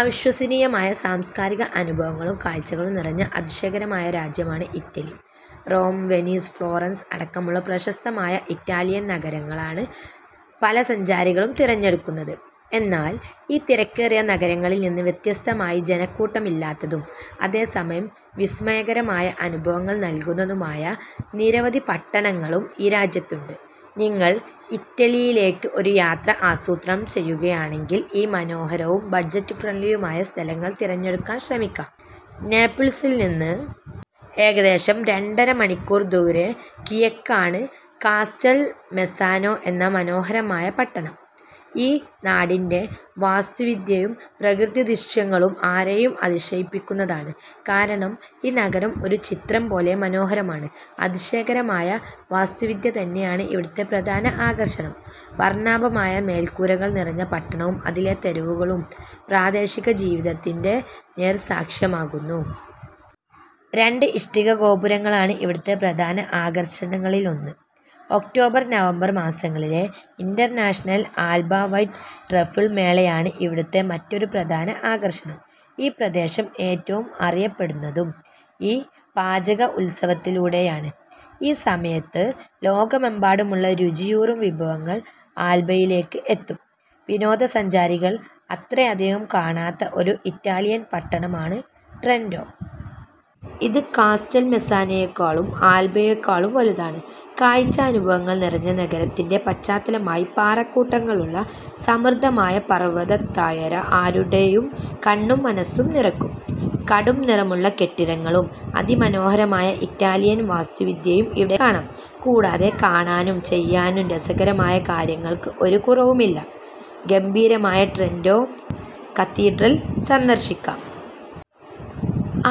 അവിശ്വസനീയമായ സാംസ്കാരിക അനുഭവങ്ങളും കാഴ്ചകളും നിറഞ്ഞ അതിശയകരമായ രാജ്യമാണ് ഇറ്റലി. റോം, വെനീസ്, ഫ്ലോറൻസ് അടക്കമുള്ള പ്രശസ്തമായ ഇറ്റാലിയൻ നഗരങ്ങളാണ് പല സഞ്ചാരികളും തിരഞ്ഞെടുക്കുന്നത്. എന്നാൽ ഈ തിരക്കേറിയ നഗരങ്ങളിൽനിന്ന് വ്യത്യസ്തമായി ജനക്കൂട്ടമില്ലാത്തതും അതേസമയം വിസ്മയകരമായ അനുഭവങ്ങൾ നൽകുന്നതുമായ നിരവധി പട്ടണങ്ങളും ഈ രാജ്യത്തുണ്ട്. നിങ്ങൾ ഇറ്റലിയിലേക്ക് ഒരു യാത്ര ആസൂത്രണം ചെയ്യുകയാണെങ്കിൽ ഈ മനോഹരവും ബജറ്റ് ഫ്രണ്ട്ലിയുമായ സ്ഥലങ്ങൾ തിരഞ്ഞെടുക്കാൻ ശ്രമിക്കാം. നേപ്പിൾസിൽനിന്ന് ഏകദേശം രണ്ടര മണിക്കൂർ ദൂരെ കിഴക്കാണ് കാസ്റ്റൽമെസ്സാനോ എന്ന മനോഹരമായ പട്ടണം. ഈ നാടിന്റെ വാസ്തുവിദ്യയും പ്രകൃതിദൃശ്യങ്ങളും ആരെയും അതിശയിപ്പിക്കുന്നതാണ്. കാരണം ഈ നഗരം ഒരു ചിത്രം പോലെ മനോഹരമാണ്. അതിശയകരമായ വാസ്തുവിദ്യ തന്നെയാണ് ഇവിടുത്തെ പ്രധാന ആകർഷണം. വർണ്ണാഭമായ മേൽക്കൂരകൾ നിറഞ്ഞ പട്ടണവും അതിലെ തെരുവുകളും പ്രാദേശിക ജീവിതത്തിന്റെ നേർസാക്ഷ്യമാകുന്നു. രണ്ട് ഇഷ്ടിക ഗോപുരങ്ങളാണ് ഇവിടുത്തെ പ്രധാന ആകർഷണങ്ങളിലൊന്ന്. ഒക്ടോബർ, നവംബർ മാസങ്ങളിലെ ഇന്റർനാഷണൽ ആൽബ വൈറ്റ് ട്രഫിൾ മേളയാണ് ഇവിടുത്തെ മറ്റൊരു പ്രധാന ആകർഷണം. ഈ പ്രദേശം ഏറ്റവും അറിയപ്പെടുന്നതും ഈ പാചക ഉത്സവത്തിലൂടെയാണ്. ഈ സമയത്ത് ലോകമെമ്പാടുമുള്ള രുചിയൂറും വിഭവങ്ങൾ ആൽബയിലേക്ക് എത്തും. വിനോദസഞ്ചാരികൾ അത്രയധികം കാണാത്ത ഒരു ഇറ്റാലിയൻ പട്ടണമാണ് ട്രെന്റോ. ഇത് കാസ്റ്റൽമെസ്സാനോയേക്കാളും ആൽബയേക്കാളും വലുതാണ്. കാഴ്ചാനുഭവങ്ങൾ നിറഞ്ഞ നഗരത്തിന്റെ പശ്ചാത്തലമായി പാറക്കൂട്ടങ്ങളുള്ള സമൃദ്ധമായ പർവത താഴ്വര ആരുടെയും കണ്ണും മനസ്സും നിറയ്ക്കും. കടുംനിറമുള്ള കെട്ടിടങ്ങളും അതിമനോഹരമായ ഇറ്റാലിയൻ വാസ്തുവിദ്യയും ഇവിടെ കാണാം. കൂടാതെ കാണാനും ചെയ്യാനും രസകരമായ കാര്യങ്ങൾക്ക് ഒരു കുറവുമില്ല. ഗംഭീരമായ ട്രെന്റോ കത്തീഡ്രൽ സന്ദർശിക്കാം.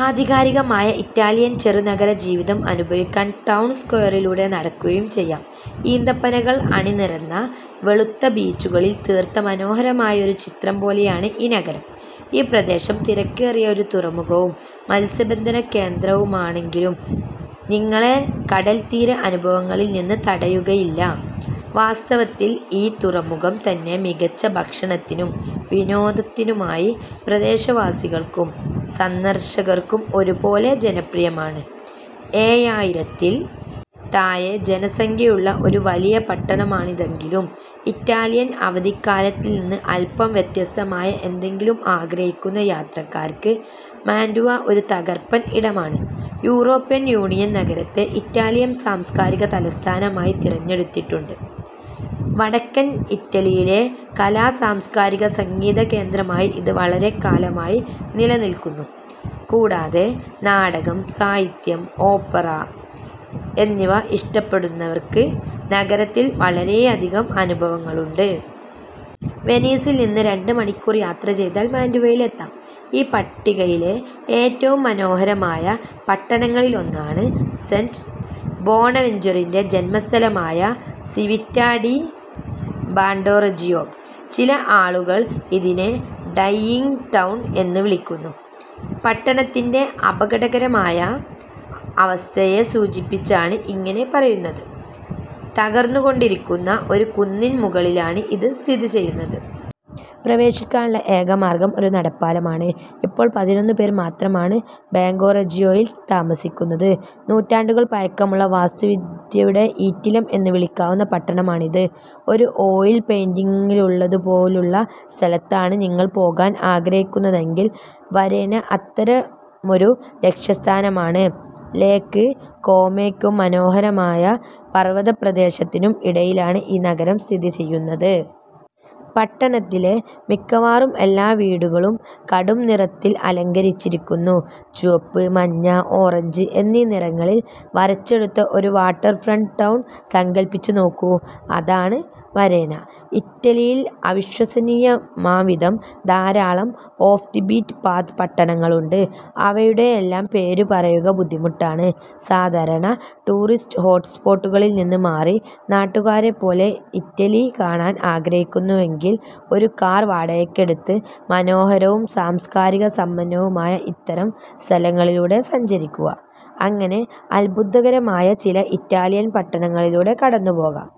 ആധികാരികമായ ഇറ്റാലിയൻ ചെറുനഗര ജീവിതം അനുഭവിക്കാൻ ടൗൺ സ്ക്വയറിലൂടെ നടക്കുകയും ചെയ്യാം. ഈന്തപ്പനകൾ അണിനിരന്ന വെളുത്ത ബീച്ചുകളിൽ തീർത്ത മനോഹരമായ ഒരു ചിത്രം പോലെയാണ് ഈ നഗരം. ഈ പ്രദേശം തിരക്കേറിയ ഒരു തുറമുഖവും മത്സ്യബന്ധന കേന്ദ്രവുമാണെങ്കിലും നിങ്ങളെ കടൽത്തീര അനുഭവങ്ങളിൽനിന്ന് തടയുകയില്ല. വാസ്തവത്തിൽ ഈ തുറമുഖം തന്നെ മികച്ച ഭക്ഷണത്തിനും വിനോദത്തിനുമായി പ്രദേശവാസികൾക്കും സന്ദർശകർക്കും ഒരുപോലെ ജനപ്രിയമാണ്. ഏഴായിരത്തിൽ താഴെ ജനസംഖ്യയുള്ള ഒരു വലിയ പട്ടണമാണിതെങ്കിലും ഇറ്റാലിയൻ അവധിക്കാലത്തിൽനിന്ന് അൽപം വ്യത്യസ്തമായ എന്തെങ്കിലും ആഗ്രഹിക്കുന്ന യാത്രക്കാർക്ക് മാന്റുവ ഒരു തകർപ്പൻ ഇടമാണ്. യൂറോപ്യൻ യൂണിയൻ നഗരത്തെ ഇറ്റാലിയൻ സാംസ്കാരിക തലസ്ഥാനമായി തിരഞ്ഞെടുത്തിട്ടുണ്ട്. വടക്കൻ ഇറ്റലിയിലെ കലാ സാംസ്കാരിക സംഗീത കേന്ദ്രമായി ഇത് വളരെക്കാലമായി നിലനിൽക്കുന്നു. കൂടാതെ നാടകം സാഹിത്യം ഓപ്പറ എന്നിവ ഇഷ്ടപ്പെടുന്നവർക്ക് നഗരത്തിൽ വളരെയധികം അനുഭവങ്ങളുണ്ട്. വെനീസിൽനിന്ന് രണ്ട് മണിക്കൂർ യാത്ര ചെയ്താൽ മാന്റുവയിലെത്താം.ഈ പട്ടികയിലെ ഏറ്റവും മനോഹരമായ പട്ടണങ്ങളിലൊന്നാണ് സെന്റ് ബോണവെൻച്വറിന്റെ ജന്മസ്ഥലമായ സിവിറ്റ ഡി ബാഗ്നോറെജിയോ. ചില ആളുകൾ ഇതിനെ ഡൈയിങ് ടൗൺ എന്ന് വിളിക്കുന്നു. പട്ടണത്തിന്റെ അപകടകരമായ അവസ്ഥയെ സൂചിപ്പിച്ചാണ് ഇങ്ങനെ പറയുന്നത്. തകർന്നുകൊണ്ടിരിക്കുന്ന ഒരു കുന്നിൻ മുകളിലാണ് ഇത് സ്ഥിതിചെയ്യുന്നത്. പ്രവേശിക്കാനുള്ള ഏക മാർഗം ഒരു നടപ്പാലമാണ്. ഇപ്പോൾ പതിനൊന്ന് പേർ മാത്രമാണ് ബാഗ്നോറെജിയോയിൽ താമസിക്കുന്നത്. നൂറ്റാണ്ടുകൾ പഴക്കമുള്ള വാസ്തുവിദ്യയുടെ ഈറ്റില്ലം എന്ന് വിളിക്കാവുന്ന പട്ടണമാണിത്. ഒരു ഓയിൽ പെയിന്റിങ്ങിലുള്ളതുപോലുള്ള സ്ഥലത്തേക്കാണ് നിങ്ങൾ പോകാൻ ആഗ്രഹിക്കുന്നതെങ്കിൽ വരേന അത്തരമൊരു ലക്ഷ്യസ്ഥാനമാണ്. ലേക്ക് കോമോയ്ക്കും മനോഹരമായ പർവത പ്രദേശത്തിനും ഇടയിലാണ് ഈ നഗരം സ്ഥിതിചെയ്യുന്നത്. പട്ടണത്തിലെ മിക്കവാറും എല്ലാ വീടുകളും കടുംനിറത്തിൽ അലങ്കരിച്ചിരിക്കുന്നു. ചുവപ്പ്, മഞ്ഞ, ഓറഞ്ച് എന്നീ നിറങ്ങളിൽ വരച്ചെടുത്ത ഒരു വാട്ടർഫ്രണ്ട് ടൗൺ സങ്കൽപിച്ചു നോക്കൂ. അതാണ് വരേന. ഇറ്റലിയിൽ അവിശ്വസനീയമാംവിധം ധാരാളം ഓഫ് ദി ബീറ്റ് പാത്ത് പട്ടണങ്ങളുണ്ട്. അവയുടെയെല്ലാം പേര് പറയുക ബുദ്ധിമുട്ടാണ്. സാധാരണ ടൂറിസ്റ്റ് ഹോട്ട് സ്പോട്ടുകളിൽനിന്ന് മാറി നാട്ടുകാരെപ്പോലെ ഇറ്റലി കാണാൻ ആഗ്രഹിക്കുന്നുവെങ്കിൽ ഒരു കാർ വാടകയ്ക്കെടുത്ത് മനോഹരവും സാംസ്കാരിക സമ്പന്നവുമായ ഇത്തരം സ്ഥലങ്ങളിലൂടെ സഞ്ചരിക്കുക. അങ്ങനെ അദ്ഭുതകരമായ ചില ഇറ്റാലിയൻ പട്ടണങ്ങളിലൂടെ കടന്നുപോകാം.